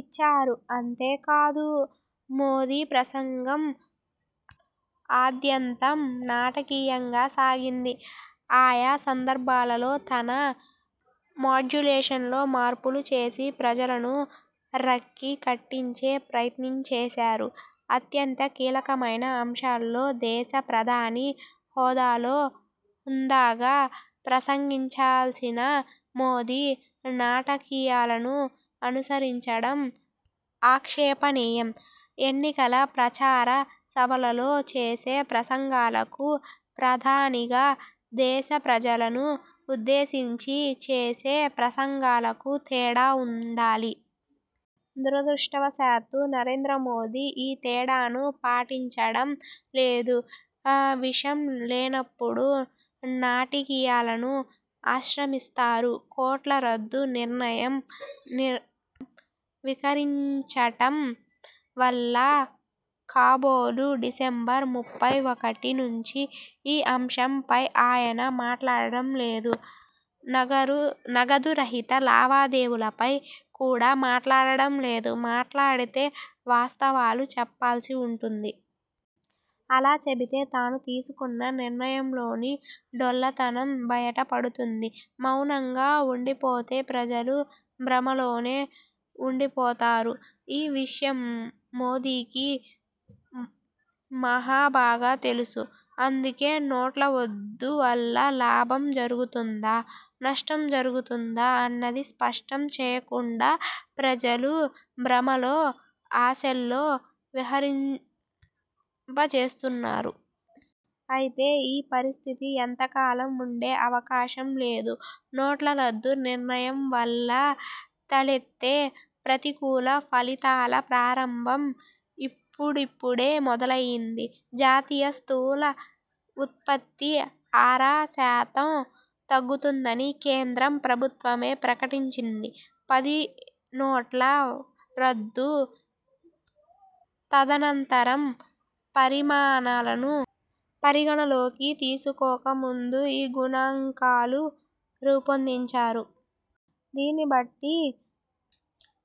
ఇచ్చారు. అంతే కాదు.. మోదీ ప్రసంగం ఆద్యంతం నాటకీయంగా సాగింది. ఆయా సందర్భాలలో తన మాడ్యులేషన్లో మార్పులు చేసి ప్రజలను రక్తి కట్టించే ప్రయత్నంచేశారు. అత్యంత కీలకమైన అంశంలో దేశ ప్రధాని హోదాలో హుందాగా ప్రసంగించలసిన మోదీ నాటకీయ లాను అనుసరించడం ఆక్షేపణీయం. ఎన్నికల ప్రచార సభలలో చేసే ప్రసంగాలకు, ప్రధానిగా దేశ ప్రజలను ఉద్దేశించి చేసే ప్రసంగాలకు తేడా ఉండాలి. దురదృష్టవశాత్తూ నరేంద్ర మోదీ ఈ తేడాను పాటించడం లేదు. విషయం లేనప్పుడు నాటకీయ లాను ఆశ్రయిస్తారు. నోట్ల రద్దు నిర్ణయం విక రిచడం వల్ల కాబోలు, డిసెంబరు ముప్పై ఒకటి నుంచి ఈ అంశంపై ఆయన మాట్లాడటం లేదు. నగదురహిత లావాదేవీల పై కూడా మాట్లాడటం లేదు. మాట్లాడితే వాస్తవాలు చెప్పాల్సి ఉంటుంది. అలా చెబితే తాను తీసుకున్న నిర్ణయంలోని డొల్లతనం బయట పడుతుంది. మౌనంగా ఉండిపోతే ప్రజలు భ్రమల్లోనే ఉండిపోతారు. ఈ విషయం మోదీకి మహ బాగా తెలుసు. అందుకే నోట్ల రద్దు వల్ల లాభం జరుగుథున్దా? నష్టం జ రుగుతున్దా? అన్నది స్పష్టం చేయకుండా ప్రజలు భ్రమల్లో, ఆశల్లో విహరింపజేస్తున్నారు. అయితే ఈ పరిస్థితి ఎంత కాలం ఉండే అవకాశం లేదు. నోట్ల రద్దు నిర్ణయం వల్ల తలెత్తే ప్రతికూల ఫలితాల ప్రరాంబోము ఇప్పుడిప్పుడే మొదలయ్యింది. జాతీయ స్థూల ఉత్పత్తి అర శాతం తగ్గుతోందని కేంద్ర ప్రభుత్వమే ప్రకటించింది. పెద్దనోట్ల రద్దు తదనంతర పరిణామాలను పరిగణనలోకి తీసుకోక ముందు ఈ గణాంకాలు రూపొందించారు. దీన్ని బట్టి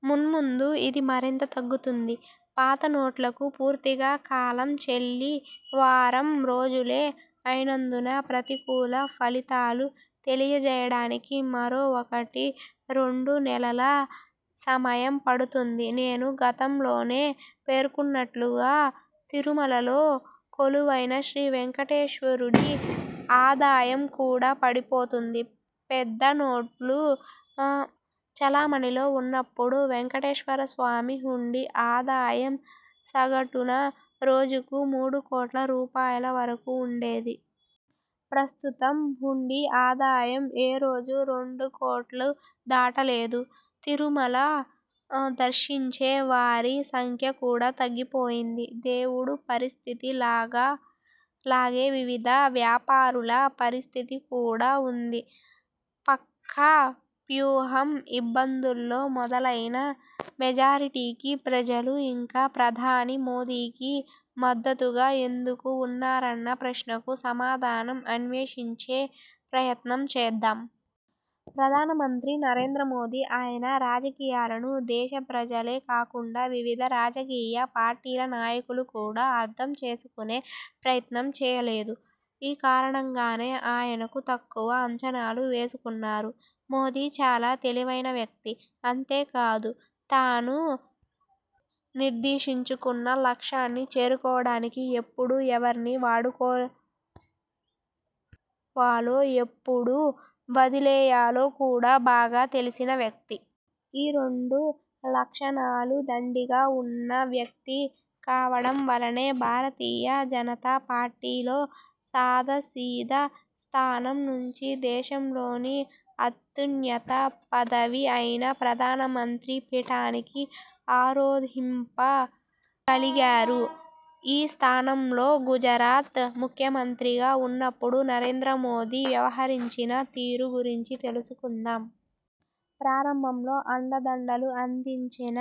మున్ముందు ఇది మరింత తగ్గుతుంది. పాత నోట్లకు పూర్తిగా కాలం చెల్లి వారం రోజులే అయినందున ప్రతికూల ఫలితాలు తెలియ జయద నికి మరో ఒకటి రెండు నెలల సమయం పడుతుంది. నేను గతంలోనే పేర్కొన్నట్టుగా తిరుమలలో కొలువైన శ్రీవేంకటేశ్వరుడి ఆదాయం కూడా పడిపోయింది. పెద్ద నోట్లు చలామణిలో ఉన్నప్పుడు వేంకటేశ్వరస్వామి హుండీ ఆదాయం సగటున రోజుకు మూడు కోట్ల రూపాయల వరకు ఉండేది. ప్రస్తుతం హుండీ ఆదాయం ఏ రోజూ రెండు కోట్లు దాటలేదు. తిరుమల సందర్శించే వారి సంఖ్య కూడా తగ్గిపోయింది. దేవుడు పరిస్థితి లాగే వివిధ వ్యాపారాల పరిస్థితి కూడా ఉంది. పక్కా వ్యూహం! ఇబ్బందులు మొదలైనా మెజారిటీ ప్రజలు ఇంకా ప్రధాని మోదీకి మద్దతుగా ఎందుకు ఉన్నారన్న ప్రశ్నకు సమాధానం అన్వేషించే ప్రయత్నం చేద్దాం. ప్రధానమంత్రి నరేంద్ర మోదీని, ఆయన రాజకీయాలను దేశ ప్రజలే కాకుండా వివిధ రాజకీయ పార్టీల నాయకులు కూడా అర్థం చేసుకునే ప్రయత్నం చేయలేదు. ఈ కారణంగానే ఆయనను తక్కువగా అంచనా వేసుకున్నారు. మోదీ చాలా తెలివైన వ్యక్తి. అంతేకాదు తాను నిర్దేశించుకున్న లక్ష్యాన్ని చేరుకోవడానికి ఎప్పుడు ఎవరిని వాడుకోవాలో, ఎప్పుడు వదిలేయాలో కూడా బాగా తెలిసిన వ్యక్తి. ఈ రెండు లక్షణాలూ దండిగా ఉన్న వ్యక్తి కావడం వల్లనే భారతీయ జనతా పార్టీలో సాదా సీదా స్థానం నుంచి దేశంలోని అత్యున్నత పదవి అయిన ప్రధాన మంత్రి పీఠాన్ని అరోహించగలిగారు. ఈ స్థానంలో గుజరాత్ ముఖ్యమంత్రిగా ఉన్నప్పుడు నరేంద్ర మోదీ వ్యవహరించిన తీరు గురించి తెలుసుకుందాం. ప్రారంభంలో అండదండలు అందించిన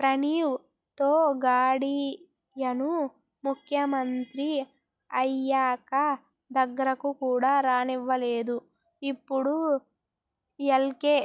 ప్రవీణ్ తొగాడియాను ముఖ్యమంత్రి అయ్యాక దగ్గరకు కూడా రానివ్వలేదు. ఇప్పుడు ఎల్. కె.